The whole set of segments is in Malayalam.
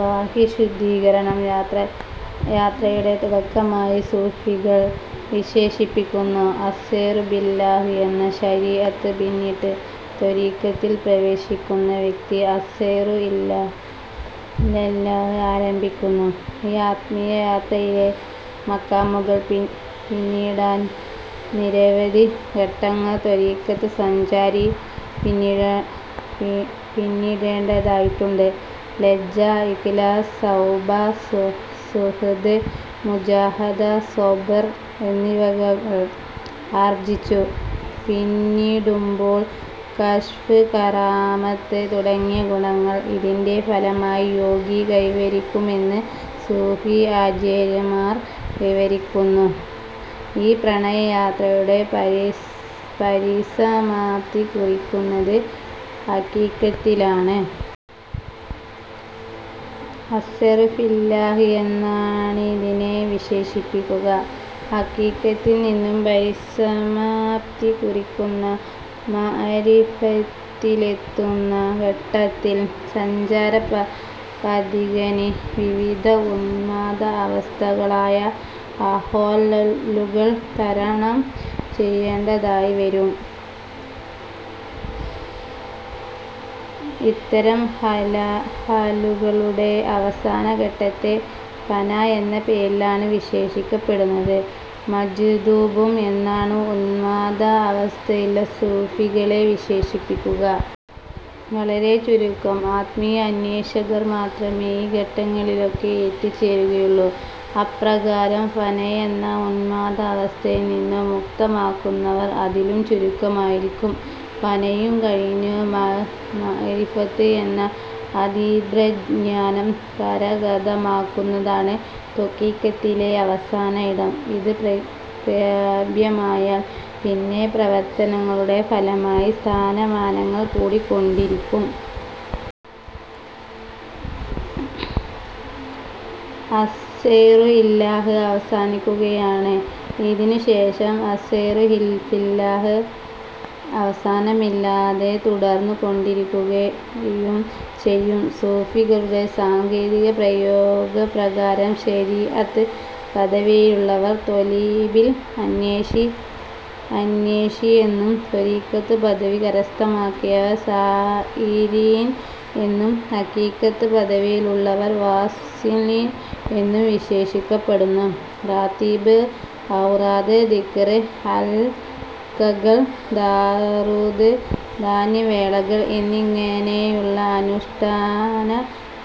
ബാഹ്യശുദ്ധീകരണം യാത്രയുടെ തുടക്കമായി സൂഫികൾ വിശേഷിപ്പിക്കുന്നു. അസ്സൈറു ബില്ലാഹ് എന്ന ശരീഅത്ത് പിന്നിട്ട് ത്വരീഖത്തിൽ പ്രവേശിക്കുന്ന വ്യക്തി അസ്സൈറു ഇലല്ലാഹ് ആരംഭിക്കുന്നു. ഈ ആത്മീയ യാത്രയിലെ മഖാമുകൾ പിന്നിടാൻ നിരവധി ഘട്ടങ്ങൾ ത്വരീഖത്ത് സഞ്ചാരി പിന്നിണ്ടേണ്ടതായിട്ടുണ്ട് ലജ്ജ ഇഖ്ലാസ് തൗബ, സുഹ്ദ് മുജാഹദ, സ്വബ്ർ, എന്നിവകൾ ആർജ്ജിച്ചു പിന്നിടുമ്പോൾ കശ്ഫ്, കറാമത്ത് തുടങ്ങിയ ഗുണങ്ങൾ ഇതിൻറെ ഫലമായി യോഗി കൈവരിക്കുമെന്ന് സൂഫി ആചാര്യമാർ വിവരിക്കുന്നു ഈ പ്രണയ യാത്രയുടെ പരിസമാപ്തി കുറിക്കുന്നത് ഹഖീഖത്തിലാണ്. അസ്സൈറു ഫില്ലാഹ് എന്നാണിതിനെ വിശേഷിപ്പിക്കുക. ഹഖീഖത്തിൽ നിന്നും പരിസമാപ്തി കുറിക്കുന്ന മഅരിഫഅത്തിലെത്തുന്ന ഘട്ടത്തിൽ സഞ്ചാര പഥികന് വിവിധ ഉന്മാദ അവസ്ഥകളായ അഹ്വാൽലുകൾ തരണം ചെയ്യേണ്ടതായി വരും. ഇത്തരം ഹാലുകളുടെ അവസാന ഘട്ടത്തെ ഫന എന്ന പേരിലാണ് വിശേഷിപ്പിക്കപ്പടുന്നത്. മജ്ദൂബും എന്നാണ് ഉന്മാദ അവസ്ഥയിലുള്ള സൂഫികളെ വിശേഷിപ്പിക്കുക. വളരെ ചുരുക്കം ആത്മീയ അന്വേഷകർ മാത്രമേ ഈ ഘട്ടങ്ങളിലൊക്കെ എത്തിച്ചേരുകയുള്ളു. അപ്രകാരം ഫനയെന്ന ഉന്മാദ അവസ്ഥയിൽ നിന്നും മുക്തമാകുന്നവർ അതിലും ചുരുക്കമായിരിക്കും. ഫനയും കഴിഞ്ഞു മഅരിഫത്ത് എന്ന അതീന്ദ്രയ ജ്ഞാനം കരഗതമാകുന്നതാണ് ത്വരീഖത്തിലെ അവസാന ഇടം. ഇത് പ്രാപ്യമായാൽ പിന്നെ പ്രവർത്തനങ്ങളുടെ ഫലമായി സ്ഥാനമാനങ്ങൾ കൂടി കൊണ്ടിരിക്കും. അസ്സൈറു ഇലല്ലാഹ്' അവസാനിക്കുകയാണ്. ഇതിന്നു ശേഷം 'അസ്സൈറു ഫില്ലാഹ്' അവസാനമില്ലാതെ തുടർന്ന് കൊണ്ടിരിക്കുകായും ചെയ്യും. സ്വൂഫികളുടെ സാങ്കേതിക പ്രയോഗ പ്രകാരം ശരീഅത്ത് പദവിയിലുള്ളവർ ' ത്വാലിബീൻ' അന്വേഷി എന്നും, ത്വരീഖത്ത് പദവി കരസ്ഥമാക്കിയവർ 'സാ ഇരീൻ' എന്നും, ഹഖീഖത്ത് പദവിയിലുള്ളവർ 'വാസ്വിലീൻ' എന്നും വിശേഷിക്കപ്പെടുന്നു. റാത്തീബ്, ഔറാദ്, ദിഖ്ർ ഹൽഖകൾ, ദാറൂദ്, ധ്യാനവേളകൾ എന്നിങ്ങനെയുള്ള അനുഷ്ഠാന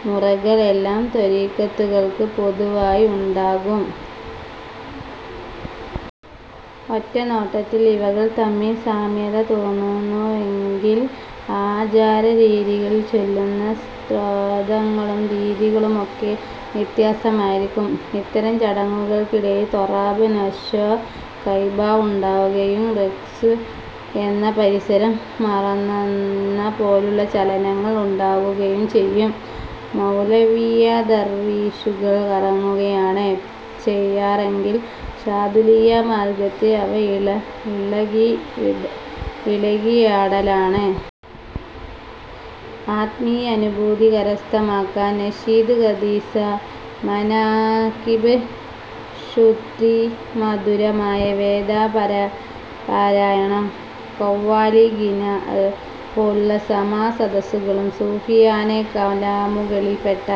മുറകൾ എല്ലാ ത്വരീഖത്തുകൾക്കും പൊതുവായി ഉണ്ടാകും. ഒറ്റ നോട്ടത്തിൽ ഇവകൾ തമ്മിൽ സാമ്യത തോന്നുമെങ്കിലും ആചാര രീതികളും ചൊല്ലുന്ന സ്തോത്രങ്ങളും രീതികളുമൊക്കെ വ്യത്യസ്തമായിരിക്കും. ഇത്തരം ചടങ്ങുകൾക്കിടയിൽ ത്വറബ് നശ്വ ഗൈബ ഉണ്ടാവുകയും റഖ്സ്വ് എന്ന പരിസരം മറന്നെന്ന പോലുള്ള ചലനങ്ങൾ ഉണ്ടാകുകയും ചെയ്യും. മൗലവിയ്യ ദർവീശുകൾ കറങ്ങുകയാണ് ചെയ്യാറെങ്കിൽ ശാദുലിയ്യ മാർഗ്ഗത്തിൽ അവ ഇളകിയാടലാണ്. ആത്മീയ അനുഭൂതി കരസ്ഥമാക്കാൻ നശീദ്, ഖസീദഃ, മനാഖിബ്, ശ്രുതിമധുരമായ വേദ പാരായണം, ഖവ്വാലി, ഗിനാഅ്, പോലുള്ള സമാഃ സദസ്സുകളും, സൂഫിയാന കലാമുകളിൽ പെട്ട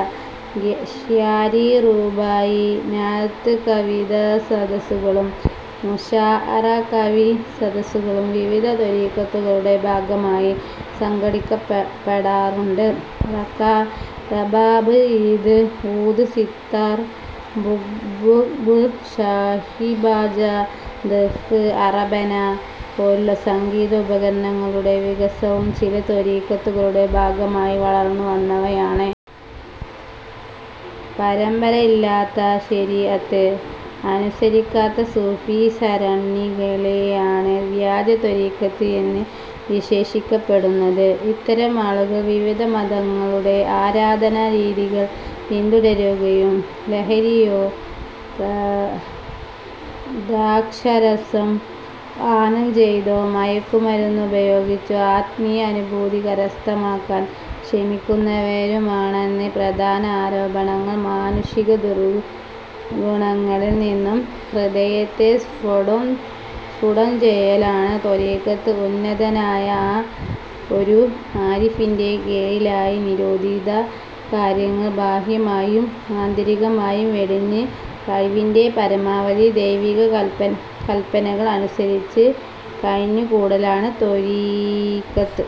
ശ്യാരി, റുബായി, നഅ്ത്ത് കവിതാസദസ്സുകളും, മുശാഅറ കവി സദസ്സുകളും വിവിധ ത്വരീഖത്തുകളുടെ ഭാഗമായി സംഘടിക്കപ്പെടാറുണ്ട്. റബാബ്, ഊദ്, സിത്താർ, ബുൾബുൾ, ഷാഹിബാജ, ദഫ്, അറബന പോലുള്ള സംഗീത ഉപകരണങ്ങളുടെ വികാസവും ചില ത്വരീഖത്തുകളുടെ ഭാഗമായി വളർന്നു വന്നവയാണ്. പരമ്പര ഇല്ലാത്ത, ശരീഅത്ത് അനുസരിക്കാത്ത സൂഫി സരണികളെയാണ് വ്യാജ ത്വരീഖത്ത് എന്ന് വിശേഷിക്കപ്പെടുന്നത്. ഇത്തരം ആളുകൾ വിവിധ മതങ്ങളുടെ ആരാധനാ രീതികൾ പിന്തുടരുകയും ലഹരിയോ, ദ്രാക്ഷാരസം പാനം ചെയ്തോ, മയക്കുമരുന്നുപയോഗിച്ചോ ആത്മീയ അനുഭൂതി കരസ്ഥമാക്കാൻ ശ്രമിക്കുന്നവരുമാണെന്നാണ് പ്രധാന ആരോപണങ്ങൾ മാനുഷിക ദുർഗ്ഗുണങ്ങളിൽ നിന്ന് ഹൃദയത്തെ സ്ഫുടം ചെയ്യലാണ് ത്വരീഖത്ത് ഉന്നതനായ ഒരു ആരിഫിന്റെ കീഴിലായി വിരോധിത കാര്യങ്ങൾ ബാഹ്യമായും ആന്തരികമായും വെടിഞ്ഞ്, കഴിവിന്റെ പരമാവധി ദൈവിക കൽപ്പനകൾ അനുസരിച്ച് കഴിഞ്ഞുകൂടലാണ് ത്വരീഖത്ത്.